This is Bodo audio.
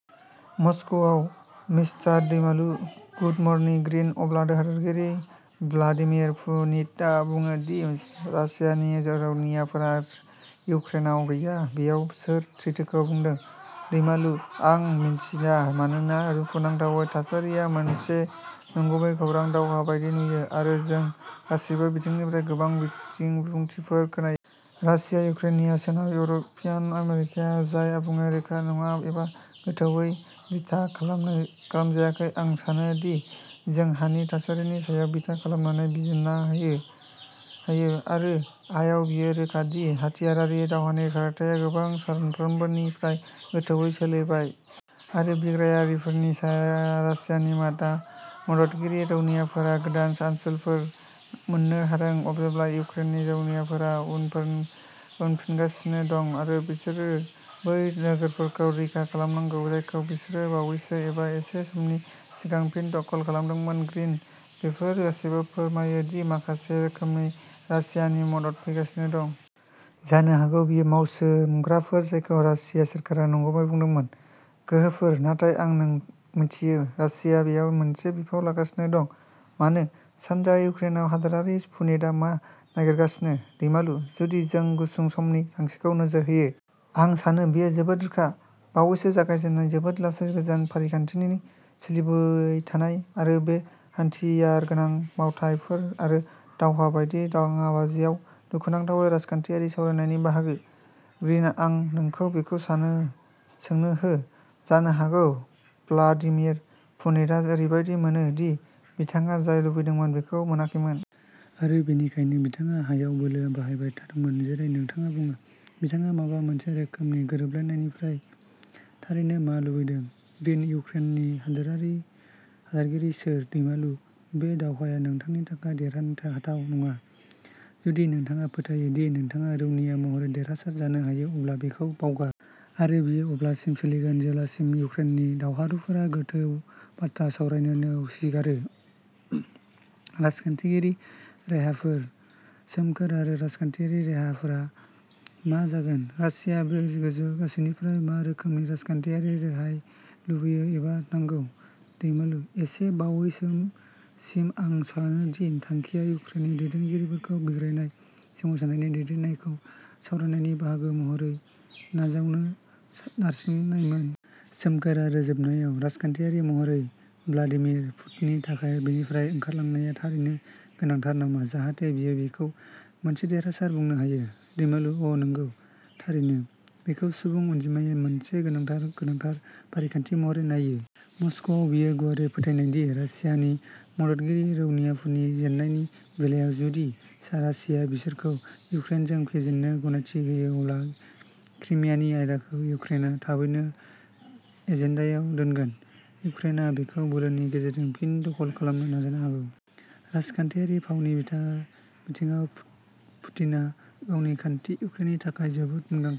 मस्क'आव, mister Daimalu: good morning. Green अब्ला हादोरगिरि भ्लादिमिर पुटिनआ बुङो दि रासियानि रौनियाफोरा युक्रेनआव गैया। बेयाव सोर सैथोखौ बुंदों? दैमालु: आं मिथिया मानोना दुखुनांथावै थासारिया मोनसे नंगुबै खौरां दावहा बायदि नुयो। आरो जों गासैबो बिथिंनिफ्राय गोबां बिबुंथिफोर खोनायो। रासिया, युक्रेनिया सोनाब इउर'पियान। आमेरिकाया जाय आबुङै रोखा नङा एबा गोथौवै बिथा खालामजायाखै। आं सानोदि जों हानि थासारिनि सायाव बिथा खालामनानै बिजिरनो हायो। आरो हायाव बेयो रोखा दि हाथियारारि दावहानि खारथाइया गोबां सानफोरनिफ्राय गोथौवै सोलायबाय। आरो बिग्रायारिफोरा रासियानि मददगिरि रौनियाफोरा गोदान ओनसोलफोर मोन्नो हादों जेब्ला युक्रेननि रौनियाफोरा उनफिनगासिनो दं। आरो बिसोरो बै नोगोरफोरखौ रैखा खालामनांगौ जायखौ बिसोरो बावैसो एबा एसे समनि सिगां फिन दखल खालामदोंमोन। ग्रीनः बेफोर गासैबो फोरमायो दि माखासे रोखोमनि रासियानि मदद फैगासिनो दं। जानो हागौ बेयो मावसोमग्राफोर जायखौ रासिया सोरखारा नंगुबै बुंदोंमोन। गोहोफोर। नाथाय नों मिथियो रासिया बेयाव मोनसे बिफाव लागासिनो दं। मानो? सानजा इउक्रेनाव हादोरगिरि पुटिनआ मा नागिरगासिनो? दैमालु: जुदि जों गुसुं समनि थांखिखौ नोजोर होयो। आं सानो बेयो जोबोद रोखा। बावैसो जागायजेन्नाय जोबोद लासै गोजोन फारिखान्थिनि सोलिबायथानाय आरो बे हाथियारगोनां मावथायफोर आरो दावहा बायदि दाङाबाजियाव दुखुनांथावै राजखान्थियारि सावरायनायनि बाहागो। ग्रिनः आं नोंखौ बेखौ सोंनो हो। जानो हागौ भ्लादिमिर पुटिनआ ओरैबायदि मोनो दि बिथाङा जाय लुबैदोंमोन बेखौ मोनाखैमोन। आरो बेनिखायनो बिथाङा हायाव बोलो बाहायबाय थादोंमोन जेरै नोंथाङा बुङो। बिथाङा माबा मोनसे रोखोमनि गोरोबलायनायनिफ्राय थारैनो मा लुबैदों? ग्रिनः इउक्रेननि हादोरगिरि सोर। दैमालु: बे दावहाया नोंथांनि थाखाय देरहानो हाथाव नङा। जुदि नोंथाङा फोथायो दि नोंथाङा रौनिया महरै देरहासार जानो हायो अब्ला बेखौ बावगार। आरो बेयो अब्लासिम सोलिगोन जेब्लासिम इउक्रेननि दावहारुफोरा गोथौ बाथ्रा सावरायनो नेवसिगारो। राजखान्थियारि रेहायफोर। सोमखोरः आरो राजखान्थियारि रेहायफोरा मा जागोन? रासिया बे गासैनिफ्राय मा रोखोमनि राजखान्थियारि रेहाय लुबैयो एबा नांगौ? दैमालु: एसे बावैसोसिम आं सानो दि थांखिया इउक्रेननि दैदेनगिरिफोरखौ बिग्रायनाय सोमावसारनायनि दैदेननायखौ सावरायनायनि बाहागो महरै नाजावनो नारसिननायमोन। सोमखोरः आरो जोबनायाव, राजखान्थियारि महरै भ्लादिमिर पुटिननि थाखाय बेनिफ्राय ओंखारलांनाया थारैनो गोनांथार नामा जाहाथे बियो बेखौ मोनसे देरहासार बुंनो हायो? दैमालु: अ नंगौ। थारैनो। बेखौ सुबुं अनजिमाया मोनसे गोनांथार, गोनांथार फारिखान्थि महरै नायो। मस्क'आव बेयो गुवारै फोथायनाय दि रासियानि मददगिरि रौनियाफोरनि जेननायनि बेलायाव जुदि रासिया बिसोरखौ इउक्रेनजों फेजेननो गनायथि होयो अब्ला क्रिमियानि आयदाखौ इउक्रेनआ थाबैनो एजेन्डायाव दोनगोन। इउक्रेनआ बेखौ बोलोनि गेजेरजों फिन दखल खालामनो नाजानो हागौ। राजखान्थियारि फावनि बिथिङाव पुटिनआ गावनि खान्थि इउक्रेननि थाखाय जोबोद मुंदांखा।